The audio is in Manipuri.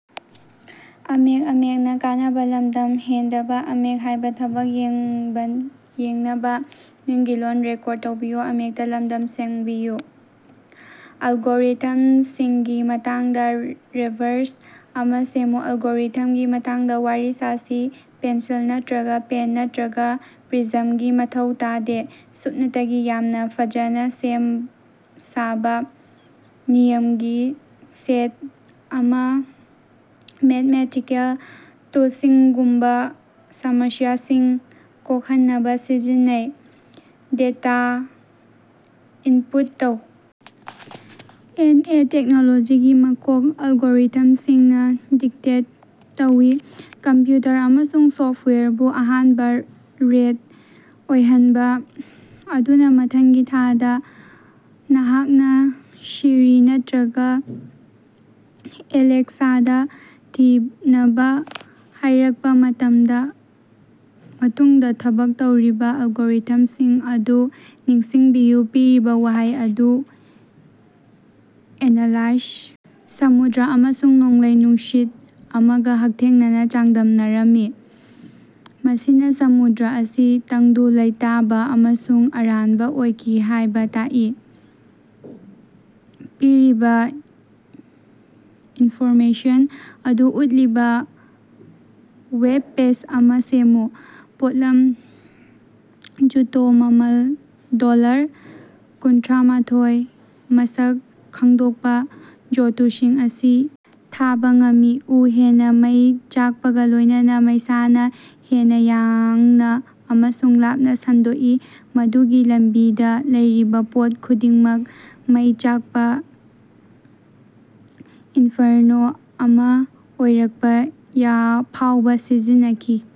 ꯑꯜꯒꯣꯔꯤꯊꯝꯁꯤꯡꯒꯤ ꯃꯇꯥꯡꯗꯥ ꯔꯦꯞ ꯕ꯭ꯔꯁ ꯑꯃꯥ ꯁꯦꯝꯃꯨ꯫ ꯑꯜꯒꯣꯔꯤꯊꯝꯒꯤ ꯃꯇꯥꯡꯗꯥ ꯋꯥꯔꯤ ꯁꯥꯁꯤ, ꯄꯦꯟꯁꯤꯜ ꯅꯇ꯭ꯔꯒꯥ ꯄꯦꯟ ꯅꯠꯇ꯭ꯔꯒꯥ ꯄ꯭ꯔꯤꯖꯝꯒꯤ ꯃꯊꯧ ꯇꯥꯗꯦ ꯁꯨꯞꯅꯇꯒꯤ ꯌꯥꯝꯅꯥ ꯐꯖꯅꯥ ꯁꯦꯝ ꯁꯥꯕꯥ ꯅꯤꯌꯝꯒꯤ ꯁꯦꯠ ꯑꯃꯥ, ꯃꯦꯊꯃꯦꯊꯤꯀꯦꯜ ꯇꯨꯜꯁꯤꯡꯒꯨꯝꯕꯥ ꯁꯃꯁ꯭ꯌꯥꯁꯤꯡ ꯀꯣꯛꯍꯟꯅꯕꯥ ꯁꯤꯖꯤꯟꯅꯩ꯫ ꯗꯦꯇꯥ ꯏꯟꯄꯨꯠ ꯇꯧ ꯑꯦꯟ. ꯑꯦ. ꯇꯦꯛꯅꯣꯂꯣꯖꯤꯒꯤ ꯃꯀꯣꯛ ꯑꯜꯒꯣꯔꯤꯊꯝꯁꯤꯡꯅꯥ ꯗꯤꯛꯇꯦꯠ ꯇꯧꯏ, ꯀꯝꯄ꯭ꯌꯨꯇꯔ ꯑꯃꯁꯨꯡ ꯁꯣꯐꯋꯦꯌꯔꯕꯨ ꯑꯍꯥꯟꯕꯥ ꯔꯦꯠ ꯑꯣꯏꯍꯟꯕꯥ꯫ ꯑꯗꯨꯅꯥ ꯃꯊꯪꯒꯤ ꯊꯥꯗꯥ ꯅꯍꯥꯛꯅꯥ ꯁꯤꯔꯤ ꯅꯠꯇ꯭ꯔꯒꯥ ꯑꯦꯂꯦꯛꯁꯥꯗꯥ ꯊꯤꯅꯕꯥ ꯍꯥꯢꯔꯛꯄꯥ ꯃꯇꯝꯗꯥ ꯃꯇꯨꯡꯗꯥ ꯊꯕꯛ ꯇꯧꯔꯤꯕꯥ ꯑꯜꯒꯣꯔꯤꯊꯝꯁꯤꯡ ꯑꯗꯨ ꯅꯤꯡꯁꯤꯡꯕꯤꯌꯨ꯫ ꯄꯤꯔꯤꯕꯥ ꯋꯥꯍꯩ ꯑꯗꯨ ꯑꯦꯅꯥꯂꯥꯏꯖ ꯁꯃꯨꯗ꯭ꯔ ꯑꯃꯁꯨꯡ ꯅꯣꯡꯂꯩ-ꯅꯨꯡꯁꯤꯠ ꯑꯃꯒꯥ ꯍꯛꯊꯦꯡꯅꯅꯥ ꯆꯥꯡꯗꯝꯅꯔꯝꯃꯤ ꯃꯁꯤꯅꯥ ꯁꯃꯨꯗ꯭ꯔ ꯑꯁꯤ ꯇꯪꯗꯨ ꯂꯩꯇꯥꯕꯥ ꯑꯃꯁꯨꯡ ꯑꯔꯥꯟꯕꯥ ꯑꯣꯏꯈꯤ ꯍꯥꯢꯕꯥ ꯇꯥꯛꯏ꯫ ꯄꯤꯔꯤꯕꯥ ꯏꯟꯐꯣꯔꯃꯦꯁꯟ ꯑꯗꯨ ꯎꯠꯂꯤꯕꯥ ꯋꯦꯕ ꯄꯦꯖ ꯑꯃꯥ ꯁꯦꯃꯃꯨ꯫ ꯄꯣꯠꯂꯝ: ꯖꯨꯇꯣ ꯃꯃꯜ ꯗꯣꯂꯔ ꯀꯨꯟꯊꯔ꯭ꯃꯊꯣꯢ ꯃꯁꯛ ꯈꯪꯗꯣꯛꯄꯥ: ꯖꯣꯇꯣꯁꯤꯡ ꯑꯁꯤ ꯊꯥꯕꯥ ꯉꯝꯃꯤ꯫ ꯎ ꯍꯦꯟꯅꯥ ꯃꯩ ꯆꯥꯛꯄꯒꯥ ꯂꯣꯢꯅꯅꯥ ꯃꯩꯁꯥꯅꯥ ꯍꯦꯟꯅꯥ ꯌꯥꯡꯅꯥ ꯑꯃꯁꯨꯡ ꯂꯥꯞꯅꯥ ꯁꯟꯗꯣꯛꯏ ꯃꯗꯨꯒꯤ ꯂꯝꯕꯤꯗꯥ ꯂꯩꯔꯤꯕꯥ ꯄꯣꯠ ꯈꯨꯗꯤꯡꯃꯛ ꯃꯩ ꯆꯥꯛꯄꯥ ꯏꯟꯐꯔꯅꯣ ꯑꯃꯥ ꯑꯣꯏꯔꯛꯄꯥ ꯌꯥ ꯐꯥꯎꯕꯥ ꯁꯤꯖꯤꯟꯅꯈꯤ꯫